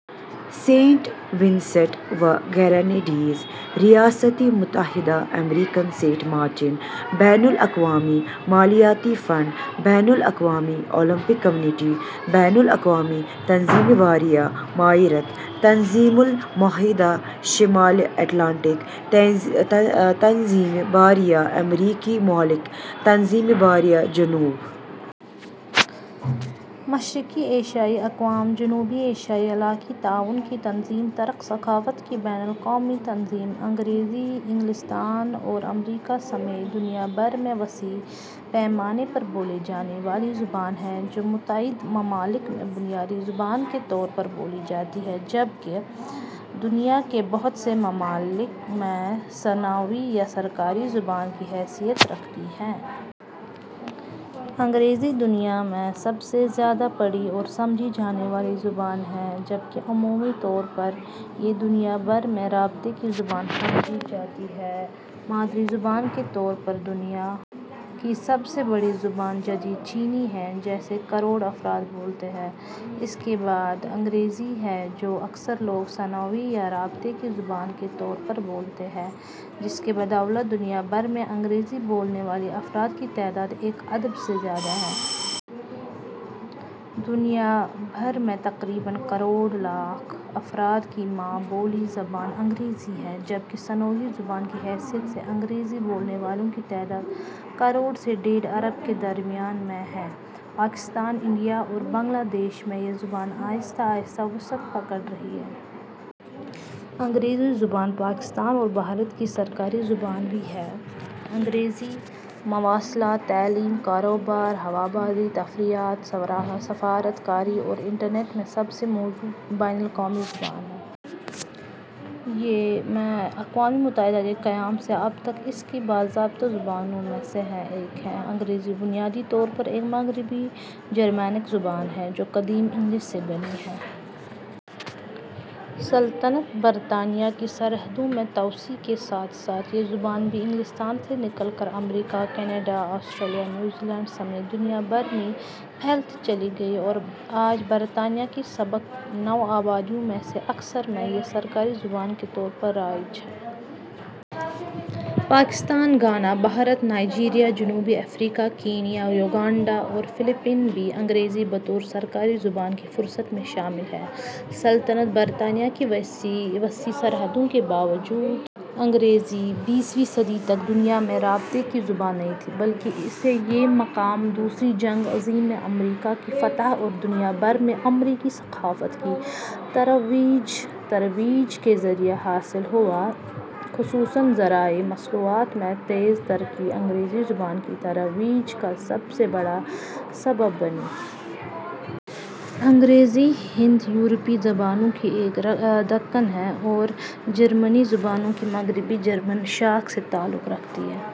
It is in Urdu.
سینٹ وینسینٹ و گریناڈائنز ریاستہائے متحدہ امریکا سنٹ مارٹن بین الاقوامی مالیاتی فنڈ بین الاقوامی اولمپک کمیٹی بین الاقوامی تنظیم برائے معیاریت تنظیم معاہدہ شمالی اوقیانوس تنظیم برائے امریکی ممالک تنظیم برائے جنوب مشرقی ایشیائی اقوام جنوبی ایشیائی علاقائی تعاون کی تنظیم ترک ثقافت کی بین الاقوامی تنظیم انگریزی انگلستان اور امریکا سمیت دنیا بھر میں وسیع پیمانے پر بولی جانے والی زبان ہے، جو متعدد ممالک میں بنیادی زبان کے طور پر بولی جاتی ہے، جبکہ دنیا کے بہت سے ممالک میں ثانوی یا سرکاری زبان کی حیثیت رکھتی ہے۔ انگریزی دنیا میں سب سے زیادہ پڑھی اور سمجھی جانے والی زبان ہے، جبکہ عمومی طور پر یہ دنیا بھر میں رابطے کی زبان سمجھی جاتی ہے۔ مادری زبان کے طور پر دنیا کی سب سے بڑی زبان جدید چینی ہے، جسے کروڑ افراد بولتے ہیں، اس کے بعد انگریزی ہے جو اکثر لوگ ثانوی یا رابطے کی زبان کے طور پر بولتے ہیں، جس کی بدولت دنیا بھر میں انگریزی بولنے والے افراد کی تعداد ایک ارب سے زیادہ ہے۔ دنیا بھر میں تقریباً کروڑ لاکھ افراد کی ماں بولی زبان انگریزی ہے، جبکہ ثانوی زبان کی حیثیت سے انگریزی بولنے والوں کی تعداد کروڑ سے ڈیڑھ ارب کے درمیان میں ہے۔ پاکستان ، انڈیا اور بنگلہ دیش میں یہ زبان آہستہ آہستہ وسعت پکڑ رہی ہے۔ انگریزی زبان پاکستان اور بھارت کی سرکاری زبان بھی ہے۔ انگریزی مواصلات ، تعلیم ، کاروبار ، ہوا بازی ، تفریحات، سفارت کاری اور انٹرنیٹ میں سب سے موزوں بین الاقوامی زبان ہے۔ یہ ء، میں اقوام متحدہ کے قیام سے اب تک اس کی باضابطہ زبانوں میں سے ایک ہے۔ انگریزی بنیادی طور پر ایک مغربی جرمینک زبان ہے، جو قدیم انگلش سے بنی ہے۔ سلطنتِ برطانیہ کی سرحدوں میں توسیع کے ساتھ ساتھ یہ زبان بھی انگلستان سے نکل کر امریکا ، کینیڈا ، آسٹریلیا ، نیوزی لینڈ سمیت دنیا بھر میں پھیلتی چلی گئی اور آج برطانیہ کی سابق نو آبادیوں میں سے اکثر میں یہ سرکاری زبان کے طور پر رائج ہے۔ پاکستان ، گھانا ، بھارت ، نائجیریا ، جنوبی افریقا ، کینیا ، یوگینڈا اور فلپائن بھی انگریزی بطور سرکاری زبان کی فہرست میں شامل ہیں۔ سلطنتِ برطانیہ کی وسیع سرحدوں کے باوجود انگریزی بیسویں صدی تک دنیا میں رابطے کی زبان نہیں تھی، بلکہ اسے یہ مقام دوسری جنگ عظیم میں امریکا کی فتح اور دنیا بھر میں امریکی ثقافت کی ترویج کے ذریعے حاصل ہوا، خصوصاً ذرائع مواصلات میں تیز ترقی انگریزی زبان کی ترویج کا سب سے بڑا سبب بنی۔ انگریزی ہند-یورپی زبانوں کی ایک رکن ہے اور جرمنی زبانوں کی مغربی جرمن شاخ سے تعلق رکھتی ہے۔